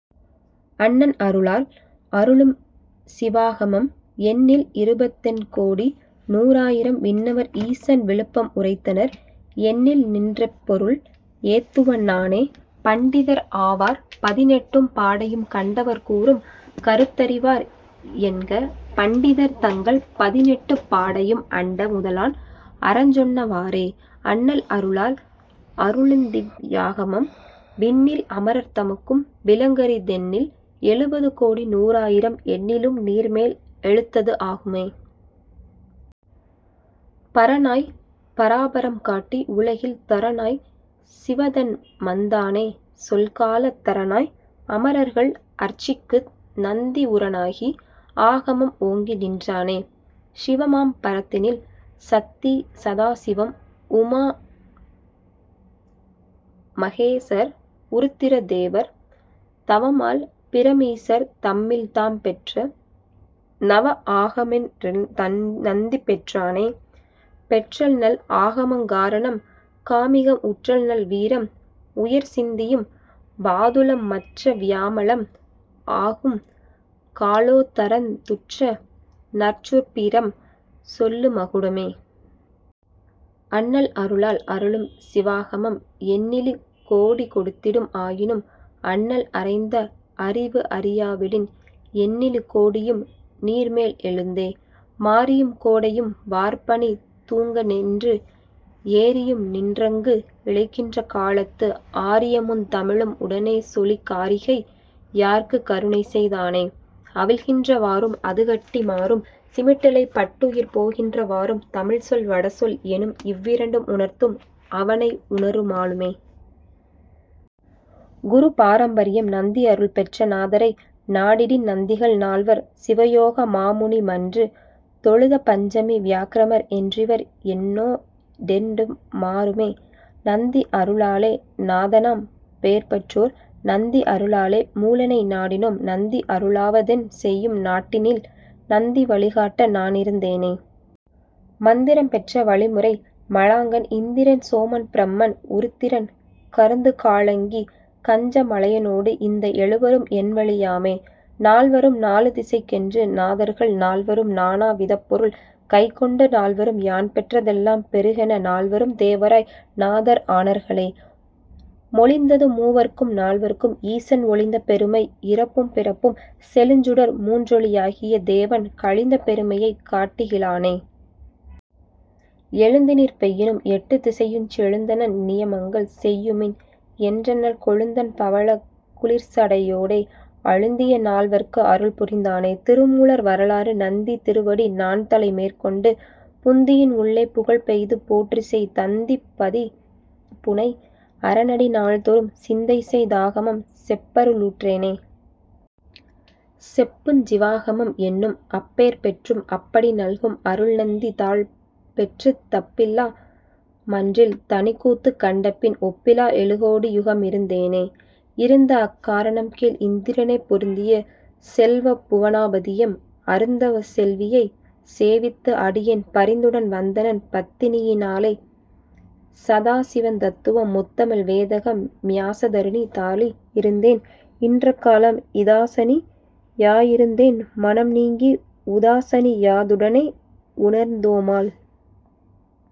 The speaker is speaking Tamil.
அண்ணல் அருளால் அருளும் சிவாகமம் எண்ணில் இருபத்தெண் கோடிநூ றாயிரம் விண்ணவர் ஈசன் விழுப்பம் உரைத்தனர் எண்ணிநின் றப்பொருள் ஏத்துவன் நானே. பண்டிதர் ஆவார் பதினெட்டும் பாடையும் கண்டவர் கூறும் கருத்தறி வார்என்க பண்டிதர் தங்கள் பதினெட்டுப் பாடையும் அண்ட முதலான் அறஞ்சொன்ன வாறே. அண்ணல் அருளால் அருளுந்திவ் யாகமம் விண்ணில் அமரர் தமக்கும் விளங்கரி தெண்ணில் எழுபது கோடிநூ றாயிரம் எண்ணிலும் நீர்மேல் எழுத்தது ஆகுமே. பரனாய் பராபரம் காட்டி உலகில் தரனாய்ச் சிவதன்மந் தானேசொல் காலத் தரனாய் அமரர்கள் அர்ச்சிக்கு நந்தி உரனாகி ஆகமம் ஓங்கிநின் றானே. சிவமாம் பரத்தினில் சத்தி சதாசிவம் உவமா மகேசர் உருத்திர தேவர் தவமால் பிரமீசர் தம்மில்தாம் பெற்ற நவஆ கமமெங்கள் நந்திபெற் றானே. பெற்றநல் ஆகமங் காரணம் காமிகம் உற்றநல் வீரம் உயர்சிந்தியம் வாதுளம் மற்றவ் வியாமளம் ஆகும்கா லோத்தரந் துற்றநற் சுப்பிரம் சொல்லு மகுடமே. அண்ணல் அருளால் அருளும் சிவாகமம் எண்ணிலி கோடி கொடுத்திடும் ஆயினும் அண்ணல் அறைந்த அறிவுஅறி யாவிடின் எண்ணிலி கோடியும் நீர்மேல் எழுத்தே. மாரியும் கோடையும் வார்பனி தூங்கநின்று ஏரியும் நின்றங்கு இளைக்கின்ற காலத்து ஆரிய முந்தமி ழும்உட னேசொலிக் காரிகை யார்க்குக் கருணைசெய் தானே. அவிழ்கின்ற வாறும் அதுகட்டு மாறும் சிமிட்டலைப் பட்டுயிர் போகின்ற வாறும் தமிழ்ச்சொல் வடசொல் எனும்இவ் விரண்டும் உணர்த்தும் அவனை உணரலு மாமே... குரு பாரம்பரியம் நந்தி அருள்பெற்ற நாதரை நாடிடின் நந்திகள் நால்வர் சிவயோக மாமுனி மன்று தொழுத பதஞ்சலி வியாக்ரமர் என்றிவர் என்னோ டெண்மரு மாமே. நந்தி அருளாலே நாதனாம் பேர்பெற்றோம் நந்தி அருளாலே மூலனை நாடினோம் நந்தி அருளாவ தென்செயும் நாட்டினில் நந்தி வழிகாட்ட நானிருந் தேனே. மந்திரம் பெற்ற வழிமுறை மாலாங்கன் இந்திரன் சோமன் பிரமன் உருத்திரன் கந்துருக் காலாங்கி கஞ்ச மலையனோடு இந்த எழுவரும் என்வழி யாமே. நால்வரும் நாலு திசைக்கொன்று நாதர்கள் நால்வரும் நானா விதப்பொருள் கைக்கொண்டு நால்வரும் யான்பெற்ற தெல்லாம் பெறுகென நால்வரும் தேவராய் நாதர் ஆனார்களே. மொழிந்தது மூவர்க்கும் நால்வர்க்கும் ஈசன் ஒழிந்த பெருமை இறப்பும் பிறப்பும் செழுஞ்சுடர் மூன்றொளி யாகிய தேவன் கழிந்த பெருமையைக் காட்டகி லானே. எழுந்துநீர் பெய்யினும் எட்டுத் திசையுஞ் செழுந்தண் நியமங்கள் செய்யுமின் என்றண்ணல் கொழுந்தண் பவளக் குளிர்சடை யோடே அழுந்திய நால்வர்க்கு அருள்புரிந் தானே.... திருமூலர் வரலாறு நந்தி திருவடி நான்தலை மேற்கொண்டு புந்தியின் உள்ளே புகப்பெய்து போற்றிசெய் தந்தி மதிபுனை அரனடி நாள்தொறும் சிந்தைசெய் தாகமம் செப்பலுற் றேனே. செப்புஞ் சிவாகமம் என்னும்அப் பேர்பெற்றும் அப்படி நல்கும் அருள்நந்தி தாள்பெற்றுத் தப்பிலா மன்றில் தனிக்கூத்துக் கண்டபின் ஒப்பிலா எழுகோடி யுகமிருந் தேனே. இருந்தஅக் காரணம் கேள்இந் திரனே பொருந்திய செல்வப் புவனா பதியாம் அருந்தவச் செல்வியைச் சேவித்து அடியேன் பரிந்துடன் வந்தனன் பத்தியி னாலே. சதாசிவந் தத்துவம் முத்தமிழ் வேதம் மிதாசனி யாதிருந் தேன்இன்ற காலம் இதாசனி யாதிருந் தேன்மனம் நீங்கி உதாசனி யாதுடனே உணர்ந் தோமால்.